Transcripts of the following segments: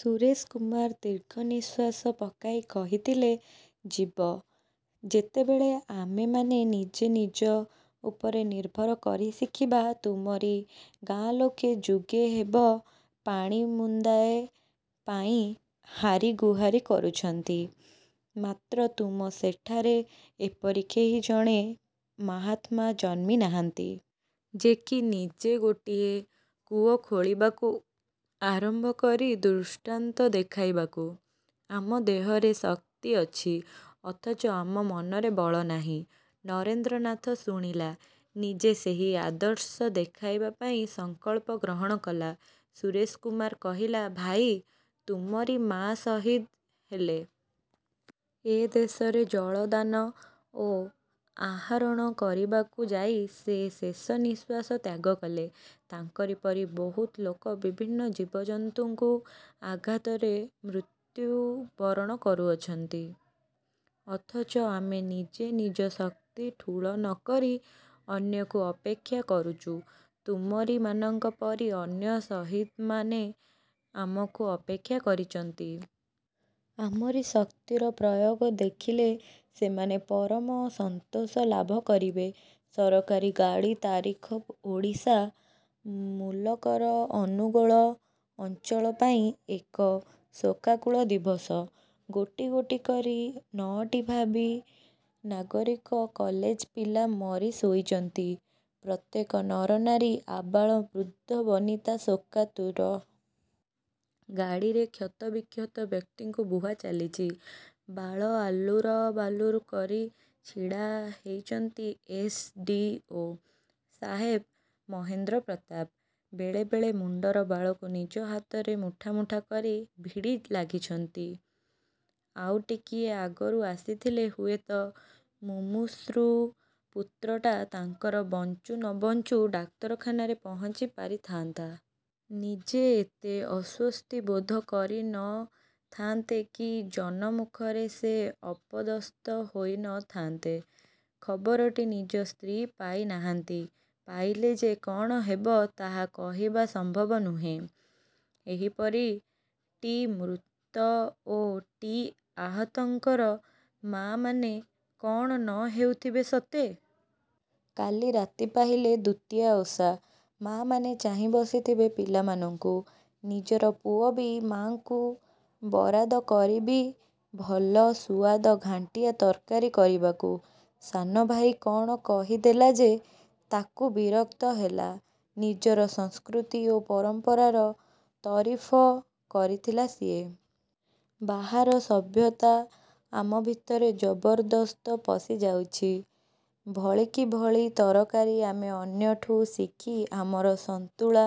ସୁରେଶ କୁମାର ଦୀର୍ଘ ନିଶ୍ୱାସ ପକାଇ କହିଥିଲେ—ଯିବ। ଯେତେବେଳେ ଆମେମାନେ ନିଜେ ନିଜ ଉପରେ ନିର୍ଭର କରିଶିଖିବା। ତୁମରି ଗାଁ ଲୋକେ ଯୁଗେ ହେବ ପାଣି ମୁନ୍ଦାଏ ପାଇଁ ହାରି ଗୁହାରୀ କରୁଚନ୍ତି; ମାତ୍ର ତୁମ ସେଠାରେ ଏପରି କେହି ଜଣେ ମାହାତ୍ମା ଜନ୍ମି ନାହାନ୍ତି। ଯେକି ନିଜେ ଗୋଟିଏ କୂଅ ଖୋଳିବାକୁ ଆରମ୍ଭ କରି ଦୃଷ୍ଟାନ୍ତ ଦେଖାଇବାକୁ। ଆମ ଦେହରେ ଶକ୍ତି ଅଛି; ଅଥଚ ଆମ ମନରେ ବଳନାହିଁ। ନରେନ୍ଦ୍ରନାଥ ଶୁଣିଲା। ନିଜେ ସେହି ଆଦର୍ଶ ଦେଖାଇବା ପାଇଁ ସଂକଳ୍ପ ଗ୍ରହଣ କଲା। ସୁରେଶ କୁମାର କହିଲା—ଭାଇ, ତୁମରି ମା ଶହୀଦ୍ ହେଲେ। ଏ ଦେଶରେ ଜଳଦାନ ଓ ଆହରଣ କରିବାକୁ ଯାଇ ସେ ଶେଷ ନିଶ୍ୱାସ ତ୍ୟାଗକଲେ। ତାଙ୍କରି ପରି ବହୁତ ଲୋକ ବିଭିନ୍ନ ଜୀବଜନ୍ତୁଙ୍କୁ ଆଘାତରେ ମୃତ୍ୟୁ ବରଣ କରୁଅଛନ୍ତି। ଅଥଚ ଆମେ ନିଜେ ନିଜ ଶକ୍ତି ଠୁଳ ନ କରି ଅନ୍ୟକୁ ଅପେକ୍ଷା କରୁଚୁ। ତୁମରିମାନଙ୍କ ପରି ଅନ୍ୟ ଶହୀଦ୍ମାନେ ଆମକୁ ଅପେକ୍ଷା କରିଚନ୍ତି। ଆମରି ଶକ୍ତିର ପ୍ରୟୋଗ ଦେଖିଲେ ସେମାନେ ପରମ ସନ୍ତୋଷ ଲାଭ କରିବେ। ସରକାରୀ ଗାଡ଼ି ତାରିଖ ଓଡ଼ିଶା ମୂଲକର ଅନୁଗୋଳ ଅଞ୍ଚଳ ପାଇଁ ଏକ ଶୋକାକୁଳ ଦିବସ। ଗୋଟି ଗୋଟି କରି ନଅଟି ଭାବୀ ନାଗରିକ କଲେଜ ପିଲା ମରି ଶୋଇଚନ୍ତି। ପ୍ରତ୍ୟେକ ନର ନାରୀ, ଆବାଳ ବୃଦ୍ଧ ବନିତା ଶୋକାତୁର। ଗାଡ଼ିରେ କ୍ଷତ ବିକ୍ଷତ ବ୍ୟକ୍ତିଙ୍କୁ ବୁହା ଚାଲିଚି। ବାଳ ଆଲୁର ବାଲୁରୁ କରି ଛିଡ଼ା ହେଇଚନ୍ତି ଏସ୍. ଡ଼ି. ଓ. ସାହେବ ମହେନ୍ଦ୍ର ପ୍ରତାପ। ବେଳେ ବେଳେ ମୁଣ୍ତର ବାଳକୁ ନିଜ ହାତରେ ମୁଠା ମୁଠା କରି ଭିଡ଼ି ଲାଗିଛନ୍ତି। ଆଉ ଟିକିଏ ଆଗରୁ ଆସିଥିଲେ ହୁଏତ ମୁମୂର୍ଷୁ ପୁତ୍ରଟା ତାଙ୍କର ବଞ୍ଚୁ ନ ବଞ୍ଚୁ ଡାକ୍ତରଖାନାରେ ପହୁଞ୍ଚି ପାରି ଥାଆନ୍ତା। ନିଜେ ଏତେ ଅଶ୍ୱସ୍ତି ବୋଧ କରି ନ ଥାଆନ୍ତେ କି ଜନମୁଖରେ ସେ ଅପଦସ୍ଥ ହୋଇ ନ ଥାଆନ୍ତେ। ଖବରଟି ନିଜ ସ୍ତ୍ରୀ ପାଇ ନାହାନ୍ତି। ପାଇଲେ ଯେ କ'ଣ ହେବ, ତାହା କହିବା ସମ୍ଭବ ନୁହେଁ। ଏହିପରି ଟି ମୃତ ଓ ଟି ଆହତଙ୍କର ମା'ମାନେ କ'ଣ ନ ହେଉଥିବେ ସତେ! କାଲି ରାତି ପାହିଲେ ଦୁତୀୟା ଓଷା। ମା' ମାନେ ଚାହିଁ ବସିଥିବେ ପିଲାମାନଙ୍କୁ। ନିଜର ପୁଅ ବି ମାଙ୍କୁ ବରାଦ କରିବି ଭଲ ସୁଆଦ ଘାଣ୍ଟିଆ ତରକାରୀ କରିବାକୁ। ସାନ ଭାଇ କ'ଣ କହି ଦେଲା ଯେ, ତାକୁ ବିରକ୍ତ ହେଲା। ନିଜର ସଂସ୍କୃତି ଓ ପରମ୍ପରାର ତରିଫ କରିଥିଲା ସିଏ। ବାହାର ସଭ୍ୟତା ଆମ ଭିତରେ ଜବରଦସ୍ତ ପଶିଯାଇଚି। ଭଳିକି ଭଳି ତରକାରୀ ଆମେ ଅନ୍ୟଠୁ ଶିଖି ଆମର ସନ୍ତୁଳା,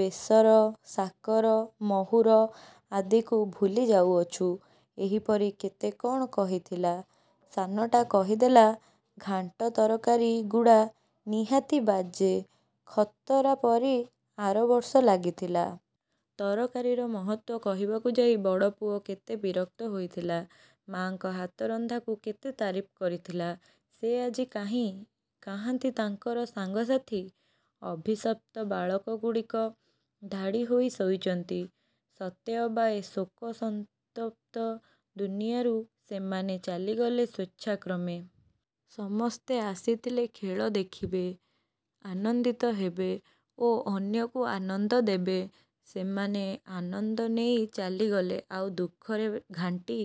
ବେସର, ସାକର, ମହୁର ଆଦିକୁ ଭୁଲି ଯାଉଅଛୁ। ଏହିପରି କେତେ କ'ଣ କହିଥିଲା। ସାନଟା କହିଦେଲା— ଘାଣ୍ଟ ତରକାରୀ ଗୁଡ଼ା ନିହାତି ବାଜେ, ଖତରା ପରି ଆରବର୍ଷ ଲାଗିଥିଲା। ତରକାରୀର ମହତ୍ତ୍ୱ କହିବାକୁ ଯାଇ ବଡ଼ ପୁଅ କେତେ ବିରକ୍ତ ହୋଇଥିଲା। ମା'ଙ୍କ ହାତ ରନ୍ଧାକୁ କେତେ ତାରିଫ କରିଥିଲା। ସେ ଆଜି କାହିଁ? କାହାନ୍ତି ତାଙ୍କର ସାଙ୍ଗ ସାଥୀ? ଅଭିଶପ୍ତ ବାଳକଗୁଡ଼ିକ ଧାଡ଼ି ହୋଇ ଶୋଇଚନ୍ତି। ସତେ ଅବା ଏ ଶୋକ ସନ୍ତପ୍ତ ଦୁନିଆରୁ ସେମାନେ ଚାଲିଗଲେ ସ୍ୱେଚ୍ଛାକ୍ରମେ-। ସମସ୍ତେ ଆସିଥିଲେ ଖେଳ ଦେଖିବେ। ଆନନ୍ଦିତ ହେବେ ଓ ଅନ୍ୟକୁ ଆନନ୍ଦ ଦେବେ-। ସେମାନେ ଆନନ୍ଦ ନେଇ ଚାଲିଗଲେ ଆଉ ଦୁଃଖରେ ଘାଣ୍ଟି